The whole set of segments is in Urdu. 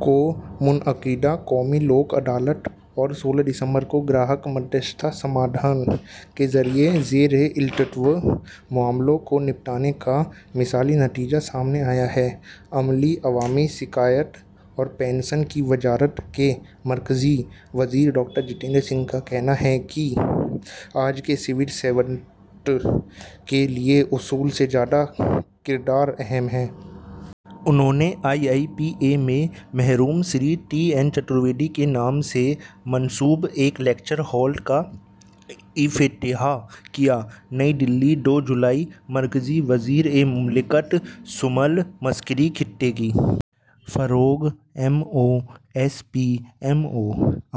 کو منعقدہ قومی لوک عدالت اور سولہ دسمبر کو گراہک مدھیستھتا سمادھان کے ذریعے زیر التواء معاملوں کو نمٹانے کا مثالی نتیجہ سامنے آیا ہے۔ عملے، عوامی شکایات اور پنشن کی وزارت کے مرکزی وزیر ڈاکٹر جتیندر سنگھ کا کہنا ہے کہ آج کے سول سرونٹ کے لیے اصول سے زیادہ کردار اہم ہے۔ انہوں نے آئی آئی پی اے میں مرحوم شری ٹی این چترویدی کے نام سے منسوب ایک لیکچر ہال کا افتتاح کیا۔ نئی دہلی، دو جولائی۔ مرکزی وزیر مملکت شمال مشرقی خطے کی فروغ، M O S P M O,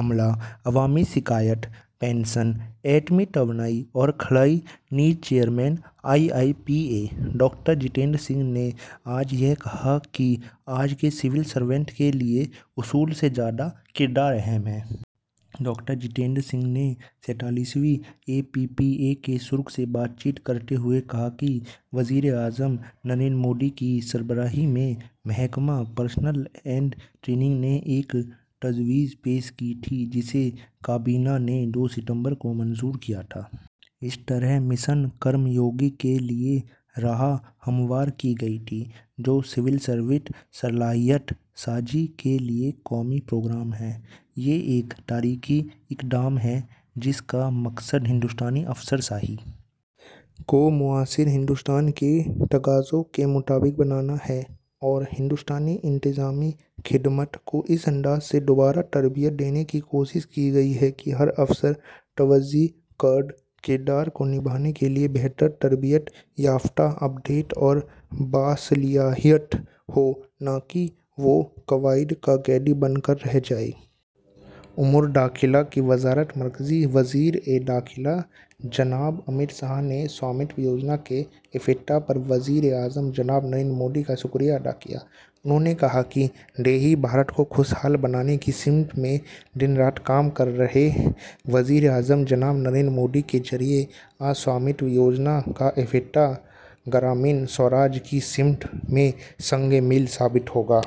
عملہ، عوامی شکایات، پنشن، ایٹمی توانائی اور خلائی نیز chairman I I P A, doctor Jitendra Singh نے آج یہاں کہا کہ آج کے سول سرونٹ کے لیے اصول سے زیادہ کردار اہم ہے۔ ڈاکٹر جتیندر سنگھ نے سینتالیسویں اے پی پی پی اے کے شرکاء سے بات چیت کرتے ہوئے کہا کہ وزیر اعظم نریندر مودی کی سربراہی میں محکمہ پرسنل اینڈ ٹریننگ نے ایک تجویز پیش کی تھی جسے کابینہ نے دو ستمبر کو منظور کیا تھا۔ اس طرح مشن کرم یوگی کے لیے راہ ہموار کی گئی تھی، جو سول سروس صلاحیت سازی کے لیے قومی پروگرام ہے۔ یہ ایک تاریخی اقدام ہے جس کا مقصد ہندوستانی افسر شاہی کو معاصر ہندوستان کی تقاضوں کے مطابق بنانا ہے اور ہندوستانی انتظامی خدمات کو اس انداز سے دوبارہ ترتیب دینے کی کوشش کی گئی ہے کہ ہر افسر تفویض کردہ کردار کو نبھانے کے لیے بہتر، تربیت یافتہ، اپ ڈیٹ اور باصلاحیت ہو، نہ کہ وہ قواعد کا قیدی بن کر رہ جائے۔ امور داخلہ کی وزارت۔ مرکزی وزیر داخلہ جناب امت شاہ نے سوامتو یوجنا کے افتتاح پر وزیر اعظم جناب نریندر مودی کا شکریہ ادا کیا۔ انہوں نے کہا کہ دیہی بھارت کو خوش حال بنانے کی سمت میں دن رات کام کر رہے وزیر اعظم جناب نریندر مودی کے ذریعے آج سوامتو یوجنا کا افتتاح گرامین سوراج کی سمت میں سنگ میل ثابت ہوگا۔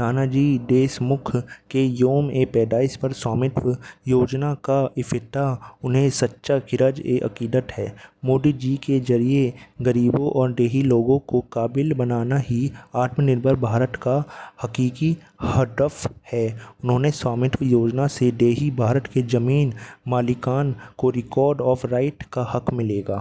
نانا جی دیشمکھ کے یوم پیدائش پر سوامتو یوجنا کا افتتاح انہیں سچا خراج عقیدت ہے۔ مودی جی کے ذریعے غریبوں اور دیہی لوگوں کو اہل بنانا ہی آتم نربھر بھارت کا حقیقی ہدف ہے اور سوامتو یوجنا سے دیہی بھارت کے زمین مالکان کو ریکارڈ آف رائٹ کا حق ملے گا۔